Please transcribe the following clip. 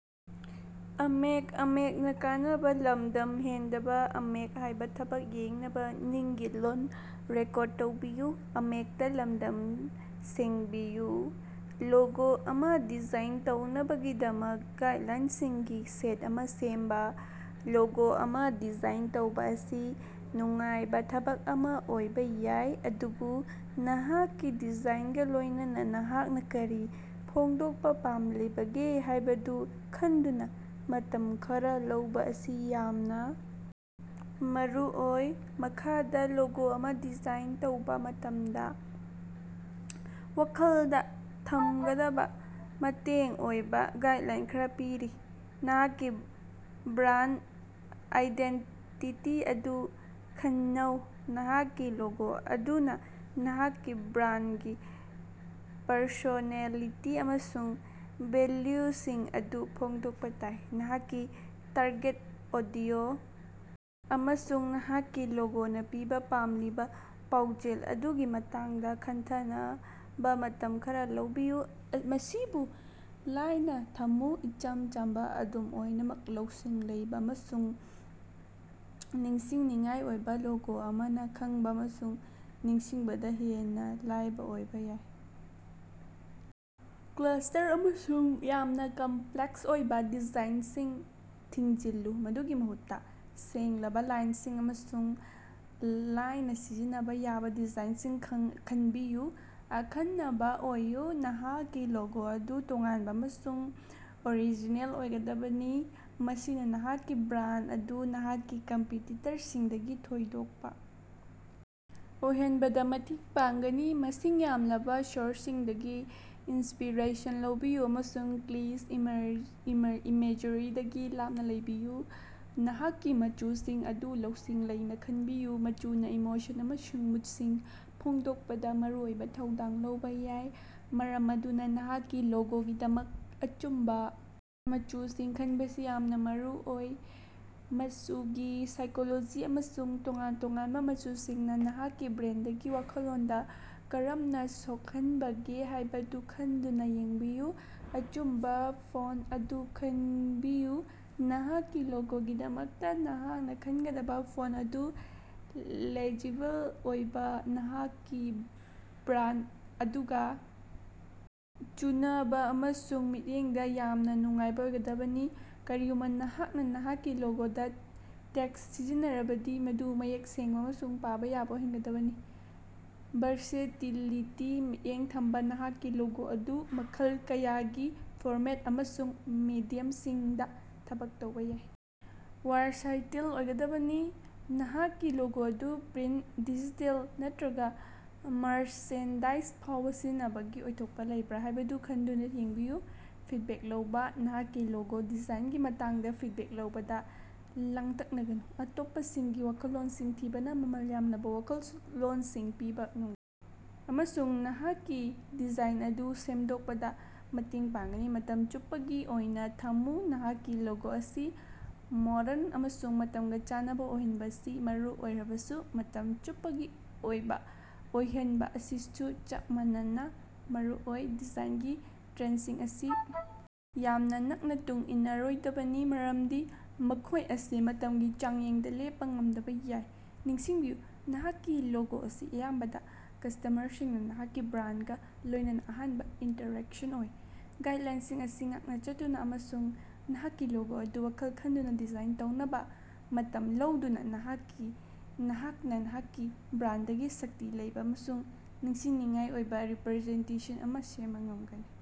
Logo ꯑꯃ design ꯇꯧꯅꯕꯒꯤꯗꯃꯛ ꯒꯥꯏ꯭ꯗꯂꯥꯏꯟꯁꯤꯡꯒꯤ ꯁꯦꯠ ꯑꯃ ꯁꯦꯝꯕ꯫ ꯂꯣꯒꯣ ꯑꯃ ꯗꯤꯖꯥꯏꯟ ꯇꯧꯕ ꯑꯁꯤ ꯅꯨꯡꯉꯥꯏꯕ ꯊꯕꯛ ꯑꯃ ꯑꯣꯏꯕ ꯌꯥꯏ, ꯑꯗꯨꯕꯨ ꯅꯍꯥꯛꯀꯤ ꯗꯤꯖꯥꯏꯟꯒ ꯂꯣꯏꯅꯅ ꯅꯍꯥꯛꯅ ꯀꯔꯤ ꯐꯣꯡꯗꯣꯛꯄ ꯄꯥꯝꯂꯤꯕꯒꯦ ꯍꯥꯏꯕꯗꯨ ꯈꯟꯗꯨꯅ ꯃꯇꯝ ꯈꯔ ꯂꯧꯕ ꯑꯁꯤ ꯌꯥꯝꯅ ꯃꯔꯨꯑꯣꯏ꯫ ꯃꯈꯥꯗ ꯂꯣꯒꯣ ꯑꯃ ꯗꯤꯖꯥꯏꯟ ꯇꯧꯕ ꯃꯇꯝꯗ ꯋꯥꯈꯜꯗ ꯊꯝꯒꯗꯕ ꯃꯇꯦꯡ ꯑꯣꯏꯕ ꯒꯥꯏ꯭ꯗꯂꯥꯏꯟ ꯈꯔ ꯄꯤꯔꯤ ꯅꯍꯥꯛꯀꯤ ꯕ꯭ꯔꯥꯟꯗ ꯑꯥꯏꯗꯦꯟꯇꯤꯇꯤ ꯑꯗꯨ ꯈꯟꯅꯧ ꯅꯍꯥꯛꯀꯤ ꯂꯣꯒꯣ ꯑꯗꯨꯅ ꯅꯍꯥꯛꯀꯤ ꯕ꯭ꯔꯥꯟꯗꯒꯤ ꯄ꯭ꯔꯁꯣꯅꯦꯂꯤꯇꯤ ꯑꯃꯁꯨꯡ ꯚꯦꯂ꯭ꯌꯨꯁꯤꯡ ꯑꯗꯨ ꯐꯣꯡꯗꯣꯛꯄ‌ ꯇꯥꯏ꯫ ꯅꯍꯥꯛꯀꯤ ꯇꯥ꯭ꯔꯒꯦꯠ ꯑꯣꯗꯤꯑꯣ ꯑꯃꯁꯨꯡ ꯅꯍꯥꯛꯀꯤ ꯂꯣꯒꯣꯅ ꯄꯤꯕ ꯄꯥꯝꯂꯤꯕ ꯄꯥꯎꯖꯦꯜ ꯑꯗꯨꯒꯤ ꯃꯇꯥꯡꯗ ꯈꯟꯊꯅꯕ ꯃꯇꯝ ꯈꯔ ꯂꯧꯕꯤꯌꯨ꯫ ꯃꯁꯤꯕꯨ ꯂꯥꯏꯅꯥ ꯊꯝꯃꯨ ꯏꯆꯝ ꯆꯝꯕ ꯑꯗꯨꯝ ꯑꯣꯏꯅꯃꯛ ꯂꯧꯁꯤꯡ ꯂꯩꯕ ꯑꯃꯁꯨꯡ ꯅꯤꯡꯁꯤꯡꯅꯤꯡꯉꯥꯏ ꯑꯣꯏꯕ ꯂꯣꯒꯣ ꯑꯃꯅ ꯈꯪꯕ ꯑꯃꯁꯨꯡ ꯅꯤꯡꯁꯤꯡꯕꯗ ꯍꯦꯟꯅ ꯂꯥꯏꯕ ꯑꯣꯏꯕ‌ ꯌꯥꯏ꯫ ꯀ꯭ꯂꯥꯁꯇꯔ ꯑꯃꯁꯨꯡ ꯌꯥꯝꯅ ꯀꯝꯄ꯭ꯂꯦꯛꯁ ꯑꯣꯏꯕ ꯗꯤꯖꯥꯏꯟꯁꯤꯡ ꯊꯤꯡꯖꯤꯜꯂꯨ ꯃꯗꯨꯒꯤ ꯃꯍꯨꯠꯇ ꯁꯦꯡꯂꯕ ꯂꯥꯏꯟꯁꯤꯡ ꯑꯃꯁꯨꯡ ꯂꯥꯏꯅꯥ ꯁꯤꯖꯤꯟꯅꯕ ꯌꯥꯕ ꯗꯤꯖꯥꯏꯟꯁꯤꯡ ꯈꯟꯕꯤꯌꯨ꯫ ꯑꯈꯟꯅꯕ ꯑꯣꯏꯌ‌ꯨ ꯅꯍꯥꯛꯀꯤ ꯂꯣꯒꯣ ꯑꯗꯨ ꯇꯣꯉꯥꯟꯕ ꯑꯃꯁꯨꯡ ꯑꯣꯔꯤꯖꯤꯅꯦꯜ ꯑꯣꯏꯒꯗꯕꯅꯤ, ꯃꯁꯤꯅ ꯅꯍꯥꯛꯀꯤ ꯕ꯭ꯔꯥꯟꯗ ꯑꯗꯨ ꯅꯍꯥꯛꯀꯤ ꯀꯝꯄꯤꯇꯤꯇꯔꯁꯤꯡꯗꯒꯤ ꯊꯣꯏꯗꯣꯛꯄ‌ ꯑꯣꯏꯍꯟꯕꯗ ꯃꯇꯦꯡ ꯄꯥꯡꯒꯅꯤ꯫ ꯃꯁꯤꯡ ꯌꯥꯝꯂꯕ ꯁꯣꯔ꯭ꯁꯁꯤꯡꯗꯒꯤ ꯏꯟ꯭ꯁꯄꯤꯔꯦꯁꯟ ꯂꯧꯕꯤꯌꯨ ꯑꯃꯁꯨꯡ ꯀ꯭ꯂꯤꯆ ꯏꯃꯦꯖꯔꯤꯗꯒꯤ ꯂꯥꯞꯅ ꯂꯩꯕꯤꯌꯨ꯫ ꯅꯍꯥꯛꯀꯤ ꯃꯆꯨꯁꯤꯡ ꯑꯗꯨ ꯂꯧꯁꯤꯡ ꯂꯩꯅ ꯈꯟꯕꯤꯌꯨ ꯃꯆꯨꯅ ꯏꯃꯣꯁꯟ ꯑꯃꯁꯨꯡ ꯃꯨꯗꯁꯤꯡ ꯐꯣꯡꯗꯣꯛꯄꯗ ꯃꯔꯨꯑꯣꯏꯕ ꯊꯧꯗꯥꯡ ꯂꯧꯕ ꯌꯥꯏ, ꯃꯔꯝ ꯑꯗꯨꯅ ꯅꯍꯥꯛꯀꯤ ꯂꯣꯒꯣꯒꯤꯗꯃꯛ ꯑꯆꯨꯝꯕ ꯃꯆꯨꯁꯤꯡ ꯈꯟꯕꯁꯤ ꯌꯥꯝꯅ ꯃꯔꯨꯑꯣꯏ꯫ ꯃꯆꯨꯒꯤ ꯁꯥꯏꯀꯣꯂꯣꯖꯤ ꯑꯃꯁꯨꯡ ꯇꯣꯉꯥꯟ ꯇꯣꯉꯥꯟꯕ ꯃꯆꯨꯁꯤꯡꯅ ꯅꯍꯥꯛꯀꯤ ꯕ꯭ꯔꯥꯟꯗꯒꯤ ꯋꯥꯈꯜꯂꯣꯟꯗ ꯀꯔꯝꯅ ꯁꯣꯛꯍꯟꯕꯒꯦ ꯍꯥꯏꯕꯗꯨ ꯈꯟꯗꯨꯅ ꯌꯦꯡꯕꯤꯌꯨ꯫ ꯑꯆꯨꯝꯕ ꯐꯣꯟ꯭ꯇ ꯑꯗꯨ ꯈꯟꯕꯤꯌꯨ ꯅꯍꯥꯛꯀꯤ ꯂꯣꯒꯣꯒꯤꯗꯃꯛꯇ ꯅꯍꯥꯛꯅ ꯈꯟꯒꯗꯕ ꯐꯣꯟ꯭ꯇ ꯑꯗꯨ ꯂꯦꯖꯤꯕꯜ ꯑꯣꯏꯕ ꯅꯍꯥꯛꯀꯤ ꯕ꯭ꯔꯥꯟꯗ ꯑꯗꯨꯒ ꯆꯨꯅꯕ ꯑꯃꯁꯨꯡ ꯃꯤꯠꯌꯦꯡꯗ‌ ꯌꯥꯝꯅ ꯅꯨꯡꯉꯥꯏꯕ ꯑꯣꯏꯒꯗꯕꯅꯤ꯫ ꯀꯔꯤꯒꯨꯝꯕ ꯅꯍꯥꯛꯅ ꯅꯍꯥꯛꯀꯤ ꯂꯣꯒꯣꯗ ꯇꯦꯛ꯭ꯁꯠ ꯁꯤꯖꯤꯟꯅꯔꯕꯗꯤ, ꯃꯗꯨ ꯃꯌꯦꯛ ꯁꯦꯡꯕ ꯑꯃꯁꯨꯡ ꯄꯥꯕ ꯌꯥꯕ ꯑꯣꯏꯍꯟꯒꯗꯕꯅꯤ꯫ ꯚꯥꯔꯁꯦꯇꯤꯂꯤꯇꯤꯗ ꯃꯤꯠꯌꯦꯡ ꯊꯝꯕ ꯅꯍꯥꯛꯀꯤ ꯂꯣꯒꯣ ꯑꯗꯨ ꯃꯈꯜ ꯀꯌꯥꯒꯤ ꯐꯣꯔꯃꯦꯠ ꯑꯃꯁꯨꯡ ꯃꯦꯗꯤꯌꯝꯁꯤꯡꯗ ꯊꯕꯛ ꯇꯧꯕ ꯌꯥꯕ ꯋꯥꯔꯁꯥꯏꯇꯤꯜ ꯑꯣꯏꯒꯗꯕꯅꯤ꯫ ꯅꯍꯥꯛꯀꯤ ꯂꯣꯒꯣ ꯑꯗꯨ ꯄ꯭ꯔꯤꯟꯇ, ꯗꯤꯖꯤꯇꯦꯜ ꯅꯠꯇꯔꯒ ꯃꯥꯔꯆꯦꯟꯗꯥꯏ꯭ꯖꯗ‌ ꯐꯥꯎꯕ ꯁꯤꯖꯤꯟꯅꯕꯒꯤ ꯑꯣꯏꯊꯣꯛꯄ ꯂꯩꯕ꯭ꯔꯥ ꯍꯥꯏꯕꯗꯨ ꯈꯟꯗꯨꯅ ꯌꯦꯡꯕꯤꯌꯨ꯫ ꯐꯤꯗꯕꯦꯛ ꯂꯧꯕ ꯅꯍꯥꯛꯀꯤ ꯂꯣꯒꯣ ꯗꯤꯖꯥꯏꯟꯒꯤ ꯃꯇꯥꯡꯗ ꯐꯤꯗꯕꯦꯛ ꯂꯧꯕꯗ ꯂꯥꯡꯇꯛꯅꯒꯅꯨ꯫ ꯑꯇꯣꯞꯄꯁꯤꯡꯒꯤ ꯋꯥꯈꯜꯂꯣꯟꯁꯤꯡ ꯊꯤꯕꯅ ꯃꯃꯜ ꯌꯥꯝꯂꯕ ꯋꯥꯈꯜꯂꯣꯟꯁꯤꯡ ꯄꯤꯕ ꯉꯝꯒꯅꯤ ꯑꯃꯁꯨꯡ ꯅꯍꯥꯛꯀꯤ ꯗꯤꯖꯥꯏꯟ ꯑꯗꯨ ꯁꯦꯝꯗꯣꯛꯄꯗ ꯃꯇꯦꯡ ꯄꯥꯡꯒꯅꯤ꯫ ꯃꯇꯝ ꯆꯨꯞꯄꯒꯤ ꯑꯣꯏꯅ ꯊꯝꯃꯨ ꯅꯍꯥꯛꯀꯤ ꯂꯣꯒꯣ ꯑꯁꯤ ꯃꯣꯗ꯭ꯔꯟ ꯑꯃꯁꯨꯡ ꯃꯇꯝꯒ ꯆꯥꯟꯅꯕ ꯑꯣꯏꯍꯟꯕ ꯑꯁꯤ ꯃꯔꯨ ꯑꯣꯏꯔꯕꯁꯨ, ꯃꯇꯝ ꯆꯨꯞꯄꯒꯤ ꯑꯣꯏꯕ ꯑꯣꯏꯍꯟꯕ ꯑꯁꯤꯁꯨ ꯆꯞ ꯃꯥꯟꯅꯅ ꯃꯔꯨꯑꯣꯏ꯫ ꯗꯤꯖꯥꯏꯟꯒꯤ ꯇ꯭ꯔꯦꯟꯗꯁꯤꯡ ꯑꯁꯤ ꯌꯥꯝꯅ ꯅꯛꯅ ꯇꯨꯡ ꯏꯟꯅꯔꯣꯏꯗꯕꯅꯤ, ꯃꯔꯝꯗꯤ ꯃꯈꯣꯏ ꯑꯁꯤ ꯃꯇꯝꯒꯤ ꯆꯥꯡꯌꯦꯡꯗ ꯂꯦꯞꯄ ꯉꯝꯗꯕ ꯌꯥꯏ꯫ ꯅꯤꯡꯁꯤꯡꯕꯤꯌꯨ ꯅꯍꯥꯛꯀꯤ ꯂꯣꯒꯣ ꯑꯁꯤ ꯑꯌꯥꯝꯕꯅ ꯀꯁ꯭ꯇꯃꯔꯁꯤꯡꯅ ꯅꯍꯥꯛꯀꯤ ꯕ꯭ꯔꯥꯟꯗꯒ ꯂꯣꯏꯅꯅ ꯑꯍꯥꯟꯕ ꯏꯟꯇꯔꯦꯛꯁꯟ ꯑꯣꯏ꯫ ꯒꯥꯏꯗ꯭ꯂꯥꯏꯟꯁꯤꯡ ꯑꯁꯤ ꯉꯥꯛꯅ ꯆꯠꯇꯨꯅ ꯑꯃꯁꯨꯡ ꯅꯍꯥꯛꯀꯤ ꯂꯣꯒꯣ ꯑꯗꯨ ꯋꯥꯈꯜ ꯈꯟꯗꯨꯅ ꯗꯤꯖꯥꯏꯟ ꯇꯧꯅꯕ ꯃꯇꯝ ꯂꯧꯗꯨꯅ ꯅꯍꯥꯛꯅ ꯅꯍꯥꯛꯀꯤ ꯕ꯭ꯔꯥꯟꯗꯒꯤ ꯁꯛꯇꯤ ꯂꯩꯕ ꯑꯃꯁꯨꯡ ꯅꯤꯡꯁꯤꯡꯅꯤꯡꯉꯥꯏ ꯑꯣꯏꯕ ꯔꯤꯄꯔꯖꯦꯟꯇꯦꯁꯟ ꯑꯃ ꯁꯦꯝꯕ ꯉꯝꯒꯅꯤ꯫।